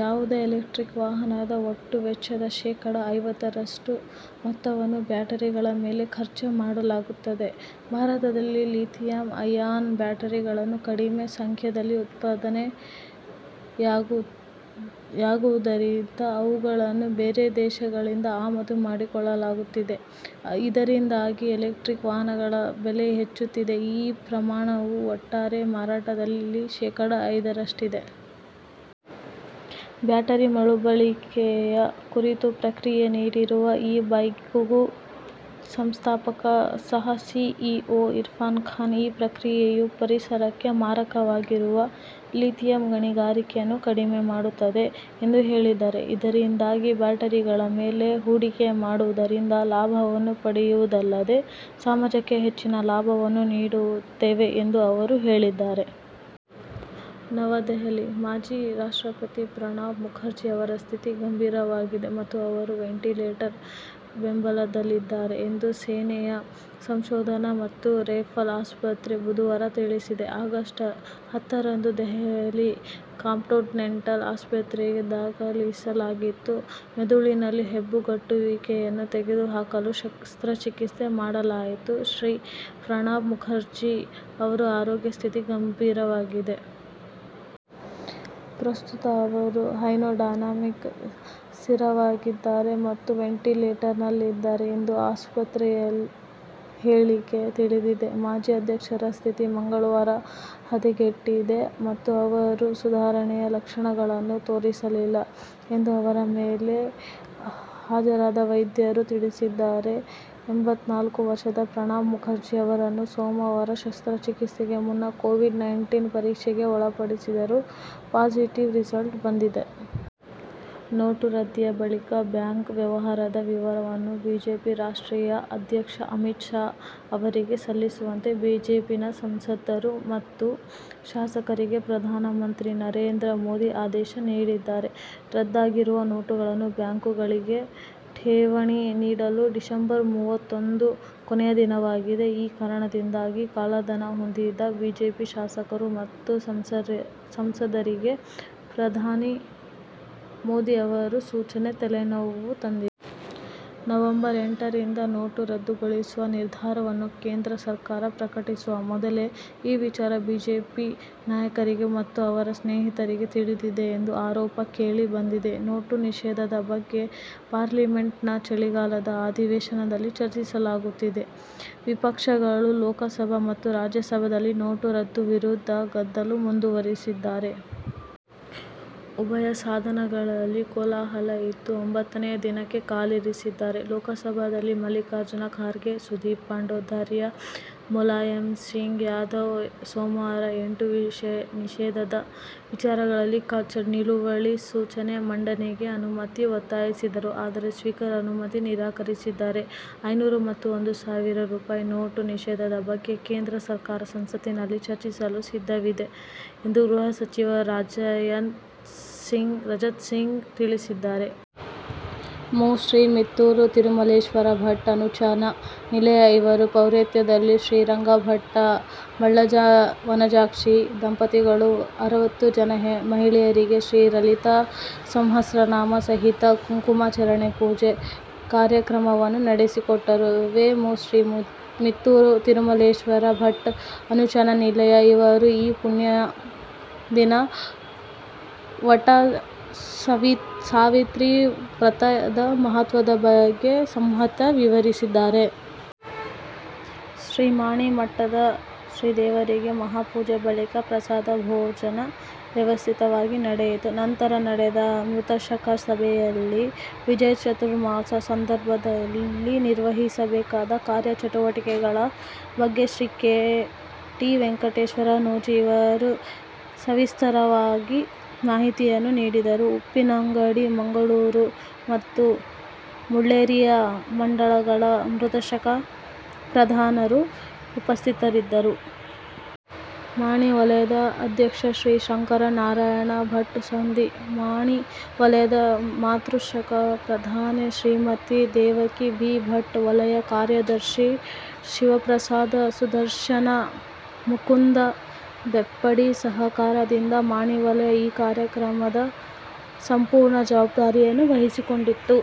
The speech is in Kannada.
ಯಾವುದೇ ಎಲೆಕ್ಟ್ರಿಕ್ ವಾಹನದ ಒಟ್ಟು ವೆಚ್ಚದ ಶೇಖಡ ಐವತ್ತರಷ್ಟು ಮೊತ್ತವನ್ನು ಬ್ಯಾಟರಿಗಳ ಮೇಲೆ ಖರ್ಚು ಮಾಡಲಾಗುತ್ತದೆ. ಭಾರತದಲ್ಲಿ ಲಿಥಿಯಂ ಐಯಾನ್ ಬ್ಯಾಟರಿಗಳು ಕಡಿಮೆ ಸಂಖ್ಯೆಯಲ್ಲಿ ಉತ್ಪಾದನೆಯಾಗುವುದರಿಂದ ಅವುಗಳನ್ನು ಬೇರೆ ದೇಶಗಳಿಂದ ಆಮದು ಮಾಡಿಕೊಳ್ಳಲಾಗುತ್ತಿದೆ. ಇದರಿಂದಾಗಿ ಎಲೆಕ್ಟ್ರಿಕ್ ವಾಹನಗಳ ಬೆಲೆ ಹೆಚ್ಚುತ್ತಿದೆ. ಈ ಪ್ರಮಾಣವು ಒಟ್ಟಾರೆ ಮಾರಾಟದಲ್ಲಿ ಶೇಖಡ ಐದರಷ್ಟಿದೆ. ಬ್ಯಾಟರಿ ಮರುಬಳಕೆಯ ಕುರಿತು ಪ್ರತಿಕ್ರಿಯೆ ನೀಡಿರುವ ಇ-ಬೈಕ್ ಗೋ ಸಂಸ್ಥಾಪಕ ಸಹ-ಸಿಇಒ ಇರ್ಫಾನ್ ಖಾನ್, ಈ ಪ್ರಕ್ರಿಯೆಯು ಪರಿಸರಕ್ಕೆ ಮಾರಕವಾಗಿರುವ ಲಿಥಿಯಂ ಗಣಿಗಾರಿಕೆಯನ್ನು ಕಡಿಮೆ ಮಾಡುತ್ತದೆ ಎಂದು ಹೇಳಿದಾರೆ. ಇದರಿಂದಾಗಿ ಬ್ಯಾಟರಿಗಳ ಮೇಲೆ ಹೂಡಿಕೆ ಮಾಡುವುದರಿಂದ ಲಾಭವನ್ನು ಪಡೆಯುವುದಲ್ಲದೆ, ಸಮಾಜಕ್ಕೆ ಹೆಚ್ಚಿನ ಲಾಭವನ್ನು ನೀಡುತ್ತೇವೆ ಎಂದು ಅವರು ಹೇಳಿದ್ದಾರೆ. ನವದೆಹಲಿ: ಮಾಜಿ ರಾಷ್ಟ್ರಪತಿ ಪ್ರಣಬ್ ಮುಖರ್ಜಿ ಅವರ ಸ್ಥಿತಿ ಗಂಭೀರವಾಗಿದೆ ಮತ್ತು ಅವರು ವೆಂಟಿಲೇಟರ್ ಬೆಂಬಲದಲ್ಲಿದ್ದಾರೆ ಎಂದು ಸೇನೆಯ ಸಂಶೋಧನಾ ಮತ್ತು ರೆಫರಲ್ ಆಸ್ಪತ್ರೆ ಬುಧವಾರ ತಿಳಿಸಿದೆ. ಆಗಸ್ಟ್ ಹತ್ತರಂದು ದೆಹಲಿ ಕಂಟೋನ್ಮೆಂಟ್ನ ಆಸ್ಪತ್ರೆಗೆ ದಾಖಲಿಸಲಾಗಿದ್ದು, ಮೆದುಳಿನಲ್ಲಿ ಹೆಪ್ಪುಗಟ್ಟುವಿಕೆಯನ್ನು ತೆಗೆದುಹಾಕಲು ಶಸ್ತ್ರಚಿಕಿತ್ಸೆ ಮಾಡಲಾಯಿತು. "ಶ್ರೀ. ಪ್ರಣಬ್ ಮುಖರ್ಜಿ ಅವರ ಆರೋಗ್ಯ ಸ್ಥಿತಿ ಗಂಭೀರವಾಗಿದೆ. ಪ್ರಸ್ತುತ ಅವರು ಹೆಮೋಡೈನಮಿಕ್ ಸ್ಥಿರವಾಗಿದ್ದಾರೆ ಮತ್ತು ವೆಂಟಿಲೇಟರ್ನಲ್ಲಿದ್ದಾರೆ" ಎಂದು ಆಸ್ಪತ್ರೆಯ ಹೇಳಿಕೆ ತಿಳಿಸಿದೆ. ಮಾಜಿ ಅಧ್ಯಕ್ಷರ ಸ್ಥಿತಿ ಮಂಗಳವಾರ ಹದಗೆಟ್ಟಿದೆ ಮತ್ತು ಅವರು ಸುಧಾರಣೆಯ ಲಕ್ಷಣಗಳನ್ನು ತೋರಿಸಿಲ್ಲ ಎಂದು ಅವರ ಮೇಲೆ ಹಾಜರಾದ ವೈದ್ಯರು ತಿಳಿಸಿದ್ದಾರೆ. ಎಂಬತ್ನಾಲ್ಕು ವರ್ಷದ ಪ್ರಣಬ್ ಮುಖರ್ಜಿಯವರನ್ನು ಸೋಮವಾರ ಶಸ್ತ್ರಚಿಕಿತ್ಸೆಗೆ ಮುನ್ನ ಕೋವಿಡ್ - ನೈಂಟೀನ್ ಪರೀಕ್ಷೆಗೆ ಒಳಪಡಿಸಿದ್ದು, ಪಾಸಿಟಿವ್ ರಿಸಲ್ಟ್ ಬಂದಿದೆ. ನೋಟು ರದ್ದತಿಯ ಬಳಿಕದ ಬ್ಯಾಂಕ್ ವ್ಯವಹಾರದ ವಿವರವನ್ನು ಬಿಜೆಪಿ ರಾಷ್ಟ್ರೀಯ ಅಧ್ಯಕ್ಷ ಅಮಿತ್ ಶಾ ಅವರಿಗೆ ಸಲ್ಲಿಸುವಂತೆ ಬಿಜೆಪಿ ಸಂಸದರು ಮತ್ತು ಶಾಸಕರಿಗೆ ಪ್ರಧಾನ ಮಂತ್ರಿ ನರೇಂದ್ರ ಮೋದಿ ಆದೇಶ ನೀಡಿದ್ದಾರೆ. ರದ್ದಾಗಿರುವ ನೋಟುಗಳನ್ನು ಬ್ಯಾಂಕ್ಗಳಿಗೆ ಠೇವಣಿ ಇಡಲು ಡಿಸೆಂಬರ್ ಮೂವತ್ತೊಂದು ಕೊನೆಯ ದಿನವಾಗಿದೆ. ಈ ಕಾರಣದಿಂದಾಗಿ ಕಾಳ ಧನ ಹೊಂದಿರುವ ಬಿಜೆಪಿ ಶಾಸಕರು ಮತ್ತು ಸಂಸದರಿಗೆ ಪ್ರಧಾನಿ ಮೋದಿ ಅವರ ಸೂಚನೆ ತಲೆನೋವು ತಂದಿದೆ. ನವಂಬರ್ ಎಂಟರಿಂದ ನೋಟು ರದ್ದುಗೊಳಿಸುವ ನಿರ್ಧಾರವನ್ನು ಕೇಂದ್ರ ಸರಕಾರ ಪ್ರಕಟಿಸುವ ಮೊದಲೇ ಈ ವಿಚಾರ ಬಿಜೆಪಿ ನಾಯಕರಿಗೆ ಮತ್ತು ಅವರ ಸ್ನೇಹಿತರಿಗೆ ತಿಳಿದಿತ್ತು ಎಂಬ ಆರೋಪ ಕೇಳಿ ಬಂದಿದೆ. ನೋಟು ನಿಷೇಧದ ಬಗ್ಗೆ ಪಾರ್ಲಿಮೆಂಟ್ ನ ಚಳಿಗಾಲದ ಅಧಿವೇಶನದಲ್ಲಿ ಚರ್ಚಿಸಲಾಗುತ್ತಿದೆ. ವಿಪಕ್ಷಗಳು ಲೋಕಸಭೆ ಮತ್ತು ರಾಜ್ಯಸಭೆಯಲ್ಲಿ ನೋಟು ರದ್ದತಿ ವಿರುದ್ಧ ಗದ್ದಲ ಮುಂದುವರಿಸಿದೆ. ಉಭಯ ಸದನಗಳಲ್ಲಿ ಕೋಲಾಹಲ ಇಂದು ಒಂಭತ್ತನೇ ದಿನಕ್ಕೆ ಕಾಲಿರಿಸಿದೆ. ಲೋಕಸಭೆಯಲ್ಲಿ ಮಲ್ಲಿಕಾರ್ಜುನ ಖರ್ಗೆ ಸುದೀಪ್ ಬಂಡೋಪಾಧ್ಯಾಯ, ಮುಲಾಯಂ ಸಿಂಗ್ ಯಾದವ್ ಸೋಮವಾರ ನೋಟು ನಿಷೇಧದ ವಿಚಾರದಲ್ಲಿ ನಿಲುವಳಿ ಸೂಚನೆ ಮಂಡನೆಗೆ ಅನುಮತಿಗೆ ಒತ್ತಾಯಿಸಿದ್ದರು. ಆದರೆ ಸ್ಪೀಕರ್ ಅನುಮತಿ ನಿರಾಕರಿಸಿದ್ದರು. ಐನೂರು ಮತ್ತು ಒಂದು ಸಾವಿರ ರೂಪಾಯಿ ನೋಟ್ ನಿಷೇಧದ ಬಗ್ಗೆ ಕೇಂದ್ರ ಸರಕಾರ ಸಂಸತ್ತಿನಲ್ಲಿ ಚರ್ಚಿಸಲು ಸಿದ್ಧವಿದೆ ಎಂದು ಗೃಹ ಸಚಿವ ರಾಜ್ನಾಥ್ ಸಿಂಗ್ ತಿಳಿಸಿದ್ದರು. ಮೂ. ಶ್ರೀ ಮಿತ್ತೂರು ತಿರುಮಲೇಶ್ವರ ಭಟ್ಟ, ಅನೂಚಾನ ನಿಲಯ ಇವರ ಪೌರೋಹಿತ್ಯದಲ್ಲಿ, ಶ್ರೀ ಶ್ರೀರಂಗ ಭಟ್ಟ ಬಳ್ಳಮಜಲು, ವನಜಾಕ್ಷಿ ದಂಪತಿಗಳು ಅರುವತ್ತು ಜನ ಮಹಿಳೆಯರಿಂದ ಶ್ರೀ ಲಲಿತಾಸಹಸ್ರನಾಮ ಸಹಿತ ಕುಂಕುಮಾರ್ಚನೆ ಪೂಜೆ ಕಾರ್ಯಕ್ರಮವನ್ನು ನಡೆಸಿಕೊಟ್ಟರು. ವೇ. ಮೂ. ಶ್ರೀ ಮಿತ್ತೂರು ತಿರುಮಲೇಶ್ವರ ಭಟ್ಟ, ಅನೂಚಾನ ನಿಲಯ ಇವರು ಈ ಪುಣ್ಯದಿನ "ವಟ ಸಾವಿತ್ರೀ ವ್ರತ"ದ ಮಹತ್ವದ ಬಗ್ಗೆ ಸಾದ್ಯಂತ ವಿವರಿಸಿದರು. ಶ್ರೀಮಾಣಿ ಮಠದ ಶ್ರೀದೇವರಿಗೆ ಮಹಾಪೂಜೆಯ ಬಳಿಕ ಪ್ರಸಾದ ಭೋಜನ ವ್ಯವಸ್ಥಿತವಾಗಿ ನಡೆಯಿತು. ನಂತರ ನಡೆದ ಮಾತೃಶಾಖಾ ಸಭೆಯಲ್ಲಿ, ವಿಜಯ ಚಾತುರ್ಮಾಸ್ಯ ಸಂದರ್ಭದಲ್ಲಿ ನಿರ್ವಹಿಸಬೇಕಾದ ಕಾರ್ಯಚಟುವಟಿಕೆಗಳ ಬಗ್ಗೆ, ಶ್ರೀ ಕೆ. ಟಿ. ವೆಂಕಟೇಶ್ವರ ನೂಜಿ, ಇವರು ಸವಿಸ್ತಾರವಾದ ಮಾಹಿತಿಯನ್ನು ನೀಡಿದರು. ಉಪ್ಪಿನಂಗಡಿ, ಮಂಗಳೂರು ಮತ್ತು ಮುಳ್ಳೇರಿಯಾ ಮಂಡಲಗಳ ಮಾತೃಶಾಖಾ ಪ್ರಧಾನರು ಉಪಸ್ಥಿತರಿದ್ದರು. ಮಾಣಿ ವಲಯದ ಅಧ್ಯಕ್ಷ ಶ್ರೀ ಶಂಕರನಾರಾಯಣ ಭಟ್ ಸೊಂದಿ, ಮಾಣಿ ವಲಯದ ಮಾತೃಶಾಖಾ ಪ್ರಧಾನೆ ಶ್ರೀಮತಿ. ದೇವಕಿ ಬಿ. ಭಟ್, ವಲಯ ಕಾರ್ಯದರ್ಶಿ ಶಿವಪ್ರಸಾದ, ಸುದರ್ಶನ, ಮುಕುಂದ ಬರೆಪ್ಪಾಡಿ ಸಹಕರಿಸಿದರು. ಮಾಣಿ ವಲಯ ಈ ಕಾರ್ಯಕ್ರಮದ ಸಂಪೂರ್ಣ ಜವಾಬ್ದಾರಿಯನ್ನು ವಹಿಸಿಕೊಂಡಿತ್ತು.